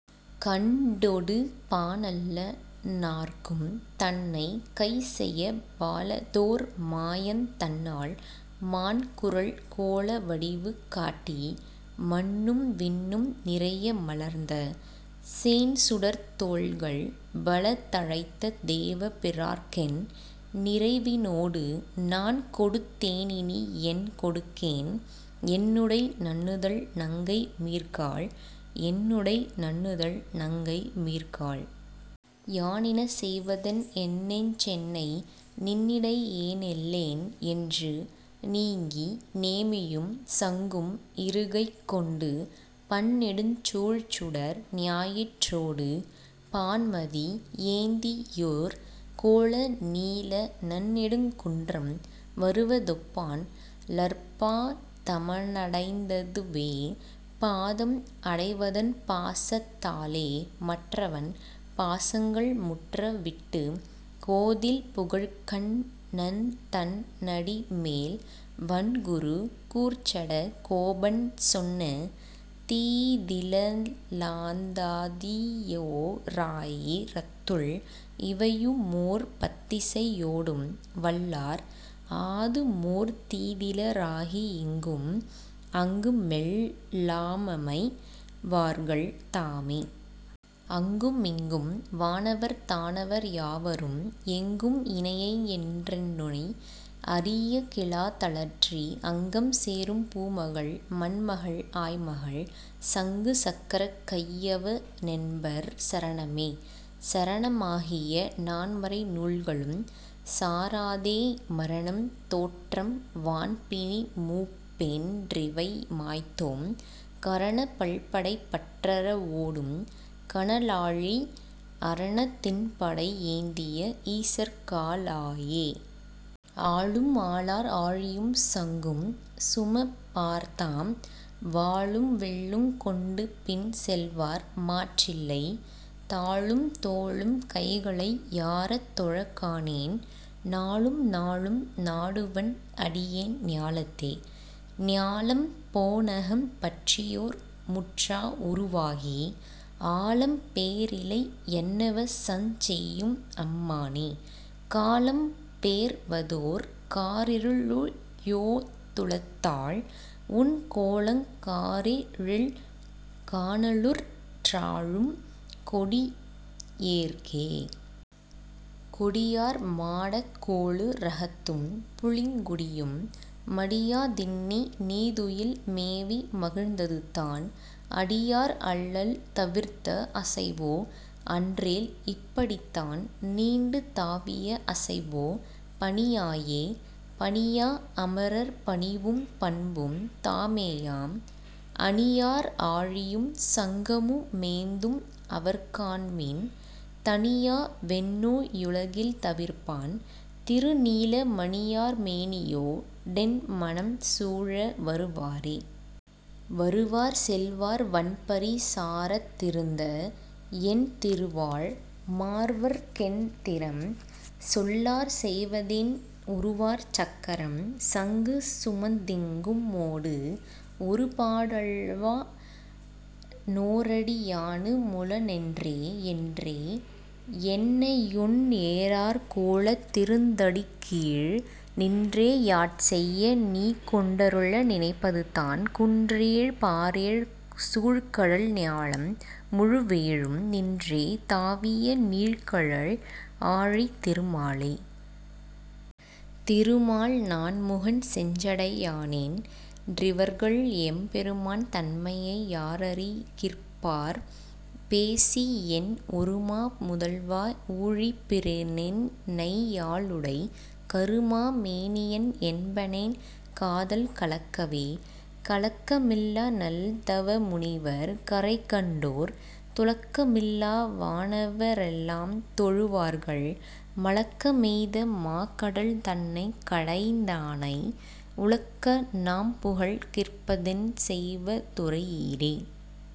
கண்டோடுப் பானல்ல னார்க்கும் தன்னைக்। கைசெயப் பாலதோர் மாயந் தன்னால், மாண்குறல் கோல வடிவு காட்டி மண்ணும் விண்ணும் நிறைய மலர்ந்த, சேண்சுடர்த் தோள்கள் பலத ழைத்த தேவ பிராற்கென் நிரைவினோடு, நாண்கொடுத் தேனினி யென்கொடுக்கேன் என்னுடை நன்னுதல் நங்கை மீர்காள்.. என்னுடை நன்னுதல் நங்கை மீர்காள். யானினச் செய்வதென்? என்நெஞ் சென்னை, நின்னிடை யேனல்லேன் என்று நீங்கி நேமியும் சங்கும் இருகைக் கொண்டு, பன்னெடுஞ் சூழ்சுடர் ஞாயிற் றோடு பான்மதி ஏந்தியொர் கோல நீல, நன்னெடுங் குன்றம் வருவ தொப்பான் லர்ப்பா தமடைந் ததுவே. பாதம் அடைவதன் பாசத் தாலே மற்றவன் பாசங்கள் முற்ற விட்டு, கோதில் புகழ்க்கண் ணன்தன் னடிமேல் வண்குரு கூர்ச்சட கோபன் சொன்ன, தீதிலந்தாதியோ ராயி ரத்துள் இவையுமோர் பத்திசை யோடும் வல்லார், ஆதுமோர் தீதில ராகி யிங்கும் அங்குமெல் லாமமை வார்கள் தாமே. அங்கு மிங்கும் வானவர் தானவர் யாவரும், எங்கும் இனையையென் றுன்னை அறியகிலா தலற்றி, அங்கம் சேரும் பூமகள் மண்மகள் ஆய்மகள், சங்கு சக்கரக் கையவ னென்பர் சரணமே.. சரண மாகிய நான்மறை நூல்களும் சாராதே, மரணம் தோற்றம் வான்பிணி மூப்பென் றிவைமாய்த்தோம், கரணப் பல்படை பற்றற வோடும் கனலாழி, அரணத் திண்படை யேந்திய ஈசற் காளாயே.. ஆளும் ஆளார் ஆழியும் சங்கும் சுமப்பார்தாம், வாளும் வில்லுங் கொண்டுபின் செல்வார் மாற்றில்லை, தாளும் தோளும் கைகளை யாரத் தொழக்காணேன், நாளும் நாளும் நாடுவன் அடியேன் ஞாலத்தே.. ஞாலம் போனகம் பற்றியோர் முற்றா வுருவாகி, ஆலம் பேரிலை யன்னவ சஞ்செய்யும் அம்மானே, காலம் பேர்வதோர் காரிரு ளுழியொத் துளதால், உன் கோலங் காரேழில் காணலுற் றாழும் கொடியேற்கே.. கொடியார் மாடக் கோளு ரகத்தும் புளிங்குடியும், மடியா தின்னே நீதுயில் மேவி மகழ்ந்ததுதான், அடியார் அல்லல் தவிர்த்த அசைவோ? அன்றேல், இப் படிதான் நீண்டு தாவிய அசைவோ? பணியாயே.. பணியா அமரர் பணிவும் பண்பும் தாமேயாம், அணியார் ஆழியும் சங்கமு மேந்தும் அவர்காண்மின், தணியா வெந்நோ யுலகில் தவிர்ப்பான், திருநீல மணியார் மேனியோ டென்மனம் சூழ வருவாரே.. வருவார் செல்வார் வண்பரி சாரத் திருந்த, என் திருவாழ் மார்வற் கென்திறம் சொல்லார் செய்வதென், உருவார் சக்கரம் சங்கு சுமந்திங் கும்மோடு, ஒருபா டுழல்வா னோரடி யானு முளனென்றே.. என்றே யென்னையுன் ஏரார் கோலத் திருந்தடிக்கீழ், நின்றே யாட்செய்ய நீகொண் டருள நினைப்பதுதான், குன்றெழ் பாரேழ் சூழ்கடல் ஞாலம் முழுவேழும், நின்றே தாவிய நீள்கழல் ஆழித் திருமாலே.. திருமால் நான்முகன் செஞ்சடை யானென் றிவர்கள், எம் பெருமான் தன்மையை யாரறி கிற்பார் பேசியென், ஒருமா முதல்வா. ஊழிப் பிரானென் னையாளுடை, கருமா மேனியன் என்பனென் காதல் கலக்கவே.. கலக்க மில்லா நல்தவ முனிவர் கரைகண்டோ ர், துளக்க மில்லா வானவ ரெல்லாம் தொழுவார்கள், மலக்க மெய்த மாகடல் தன்னைக் கடைந்தானை, உலக்க நாம்புகழ் கிற்பதென் செய்வ துரையீரே.